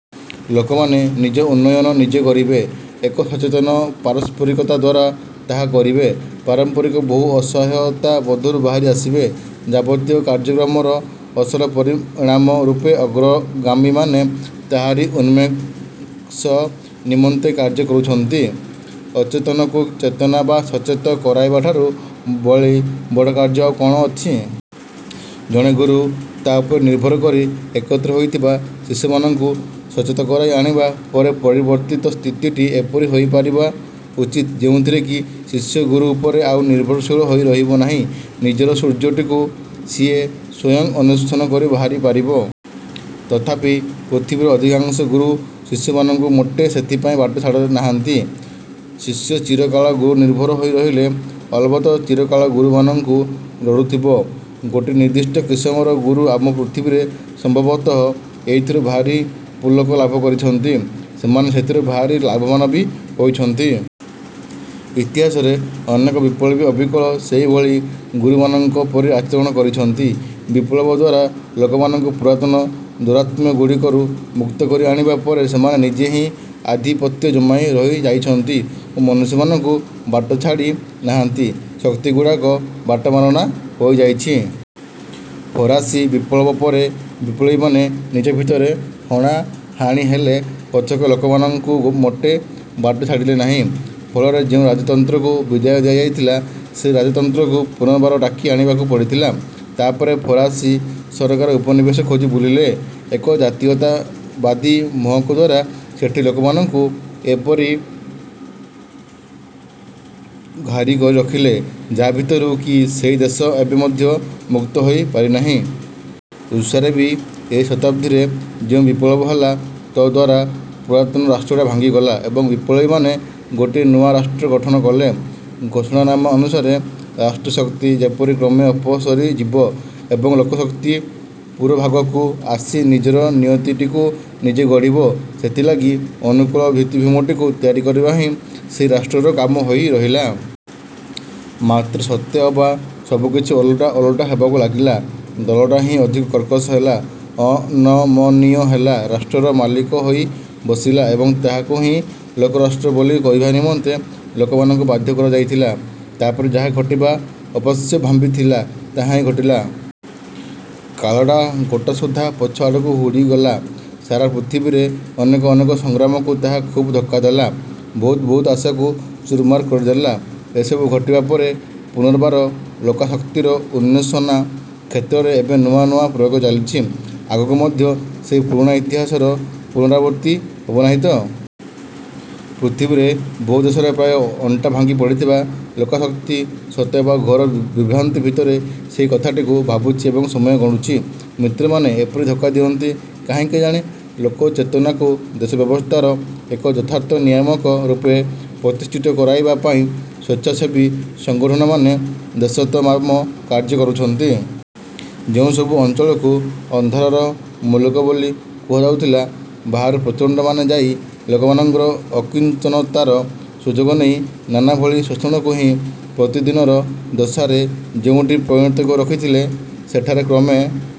ଲୋକମାନେ ନିଜ ଉନ୍ନୟନ ନିଜେ କରିବେ। ଏକ ସଚେତନ ପାରସ୍ପରିକତା ଦ୍ୱାରା ତାହା କରିବେ, ପାରମ୍ପରିକ ବହୁ ଅସହାୟତା ବୋଧରୁ ବାହାରି ଆସିବେ, ଯାବତୀୟ କାର୍ଯ୍ୟକ୍ରମର ଅସଲ ପରିଣାମ ରୂପେ ଅଗ୍ରଗାମୀମାନେ ତାହାରି ଉନ୍ମେଷ ନିମନ୍ତେ କାର୍ଯ୍ୟ କରୁଛନ୍ତି। ଅଚେତନକୁ ଚେତନ ବା ସଚେତ କରାଇବା ଠାରୁ ବଳି ବଡ଼ କାର୍ଯ୍ୟ ଆଉ କଣ ଅଛି? ଜଣେ ଗୁରୁ ତା ଉପରେ ନିର୍ଭର କରି ଏକତ୍ର ହୋଇଥିବା ଶିଷ୍ୟମାନଙ୍କୁ ସଚେତ କରାଇ ଆଣିବା ପରେ ପରିବର୍ତ୍ତିତ ସ୍ଥିତିଟି ଏପରି ହୋଇପାରିବ ଉଚିତ ଯେଉଁଥିରେ କି ଶିଷ୍ୟ ଗୁରୁ ଉପରେ ଆଉ ନିର୍ଭରଶୀଳ ହୋଇ ରହିବ ନାହିଁ ନିଜର ସୂର୍ଯ୍ୟଟିକୁ ସିଏ ସ୍ୱୟଂ ଅନ୍ୱେଷଣ କରି ବାହାରି ପାରିବ। ତଥାପି ପୃଥିବୀର ଅଧିକାଂଶ ଗୁରୁ ଶିଷ୍ୟମାନଙ୍କୁ ମୋଟେ ସେଥିପାଇଁ ବାଟ ଛାଡ଼ି ନାହାନ୍ତି। ଶିଷ୍ୟ ଚିରକାଳ ଗୁରୁନିର୍ଭର ହୋଇ ରହିଲେ ଅଲବତ ଚିରକାଳ ଗୁରୁମାନଙ୍କୁ ଲୋଡୁଥିବ। ଗୋଟେ ନିର୍ଦ୍ଧିଷ୍ଟ କିସମର ଗୁରୁ ଆମ ପୃଥିବୀରେ ସମ୍ଭବତଃ ଏଇଥିରୁ ଭାରି ପୁଲକ ଲାଭ କରିଛନ୍ତି। ସେମାନେ ସେଥିରୁ ଭାରି ଲାଭବାନ ବି ହୋଇଛନ୍ତି। ଇତିହାସରେ ଅନେକ ବିପ୍ଳବୀ ଅବିକଳ ସେହିଭଳି ଗୁରୁମାନଙ୍କ ପରି ଆଚରଣ କରିଛନ୍ତି। ବିପ୍ଳବ ଦ୍ୱାରା ଲୋକମାନଙ୍କୁ ପୁରାତନ ଦୌରାତ୍ମ୍ୟଗୁଡ଼ିକରୁ ମୁକ୍ତ କରି ଆଣିବା ପରେ ସେମାନେ ନିଜେ ହିଁ ଆଧିପତ୍ୟ ଜମାଇ ରହି ଯାଇଛନ୍ତି ଓ ମନୁଷ୍ୟମାନଙ୍କୁ ବାଟ ଛାଡ଼ି ନାହାନ୍ତି। ଶକ୍ତିଗୁଡ଼ାକ ବାଟମାରଣା ହୋଇଯାଇଛି। ଫରାସୀ ବିପ୍ଳବ ପରେ ବିପ୍ଳବୀମାନେ ନିଜ ଭିତରେ ହଣାହାଣି ହେଲେ ପଛକେ ଲୋକମାନଙ୍କୁ ମୋଟେ ବାଟ ଛାଡ଼ିଲେ ନାହିଁ। ଫଳରେ ଯେଉଁ ରାଜତନ୍ତ୍ରକୁ ବିଦାୟ ଦିଆଯାଇଥିଲା ସେହି ରାଜତନ୍ତ୍ରକୁ ପୂନର୍ବାର ଡାକି ଆଣିବାକୁ ପଡ଼ିଥିଲା। ତାପରେ ଫରାସୀ ସରକାର ଉପନିବେଶ ଖୋଜି ବୁଲିଲେ ଏକ ଜାତୀୟତାବାଦୀ ମୋହକ ଦ୍ୱାରା ସେଠି ଲୋକମାନଙ୍କୁ ଏପରି ଘାରି କରି ରଖିଲେ ଯାହା ଭିତରୁ କି ସେହି ଦେଶ ଏବେ ମଧ୍ୟ ମୁକ୍ତ ହୋଇ ପାରିନାହିଁ। ରୁଷିଆରେ ବି ଏହି ଶତାବ୍ଦୀରେ ଯେଉଁ ବିପ୍ଳବ ହେଲା ତଦ୍ଦ୍ୱାରା ପୁରାତନ ରାଷ୍ଟ୍ରଟା ଭାଙ୍ଗିଗଲା ଏବଂ ବିପ୍ଲବୀମାନେ ଗୋଟିଏ ନୂଆ ରାଷ୍ଟ୍ର ଗଠନ କଲେ। ଘୋଷଣାନାମା ଅନୁସାରେ ରାଷ୍ଟ୍ରଶକ୍ତି ଯେପରି କ୍ରମେ ଅପସରିଯିବ ଏବଂ ଲୋକଶକ୍ତି ପୁରୋଭାଗକୁ ଆସି ନିଜର ନିୟତିଟିକୁ ନିଜେ ଗଢିବ ସେଥିଲାଗି ଅନୁକୂଳ ଭିତ୍ତିଭୂମିଟିକୁ ତିଆରି କରିବା ହିଁ ସେହି ରାଷ୍ଟ୍ରର କାମ ହୋଇ ରହିଲା। ମାତ୍ର ସତେ ଅବା ସବୁକିଛି ଓଲଟା ଓଲଟା ହେବାକୁ ଲାଗିଲା ଦଳଟା ହିଁ ଅଧିକ କର୍କଶ ହେଲା, ଅନମନୀୟ ହେଲା ରାଷ୍ଟ୍ରର ମାଲିକ ହୋଇ ବସିଲା ଏବଂ ତାହାକୁ ହିଁ ଲୋକରାଷ୍ଟ୍ର ବୋଲି କହିବା ନିମନ୍ତେ ଲୋକମାନଙ୍କୁ ବାଧ୍ୟ କରାଯାଇଥିଲା। ତାପରେ ଯାହା ଘଟିବା ଅବଶ୍ୟମ୍ଭାବୀ ଥିଲା ତାହାହିଁ ଘଟିଲା। କାଳଟା ଗୋଟାସୁଦ୍ଧା ପଛ ଆଡ଼କୁ ହୁଡ଼ିଗଲା। ସାରା ପୃଥିବୀରେ ଅନେକ ଅନେକ ସଂଗ୍ରାମକୁ ତାହା ଖୁବ୍ ଧକ୍କା ଦେଲା, ବହୁତ ବହୁତ ଆଶାକୁ ଚୁରମାର କରିଦେଲା। ଏସବୁ ଘଟିବା ପରେ ପୁନର୍ବାର ଲୋକାଶକ୍ତିର ଉନ୍ମେଷଣା କ୍ଷେତ୍ରରେ ଏବେ ନୂଆ ନୂଆ ପ୍ରୟୋଗ ଚାଲିଛି। ଆଗକୁ ମଧ୍ୟ ସେହି ପୁରୁଣା ଇତିହାସର ପୁନରାବୃତ୍ତି ହେବନାହିଁ ତ? ପୃଥିବୀରେ ବହୁ ଦେଶରେ ପ୍ରାୟ ଅଣ୍ଟା ଭାଙ୍ଗି ପଡ଼ିଥିବା ଲୋକାଶକ୍ତି ସତେଅବା ଘୋର ବିଭ୍ରାନ୍ତି ଭିତରେ ସେହି କଥାଟିକୁ ଭାବୁଛି ଏବଂ ସମୟ ଗଣୁଛି। ମିତ୍ରମାନେ ଏପରି ଧୋକା ଦିଅନ୍ତି କାହିଁକି କେଜାଣି? ଲୋକଚେତନାକୁ ଦେଶ ବ୍ୟବସ୍ଥାର ଏକ ଯଥାର୍ଥ ନିୟାମକ ରୂପେ ପ୍ରତିଷ୍ଠିତ କରାଇବା ପାଇଁ ସ୍ୱେଚ୍ଛାସେବୀ ସଂଗଠନମାନେ ଦେଶତମାମ କାର୍ଯ୍ୟ କରୁଛନ୍ତି। ଯେଉଁସବୁ ଅଂଚଳକୁ ଅନ୍ଧାରର ମୂଲକ ବୋଲି କୁହାଯାଉଥିଲା ବାହାରୁ ପ୍ରଚଣ୍ଡ ମାନେ ଯାଇ ଲୋକମାନଙ୍କର ଅକିଞ୍ଚନତାର ସୁଯୋଗ ନେଇ ନାନାଭଳି ଶୋଷଣକୁ ହିଁ ପ୍ରତିଦିନର ଦଶାରେ ଯେଉଁଠି ପରିଣତ କରି ରଖିଥିଲେ ସେଠାରେ କ୍ରମେ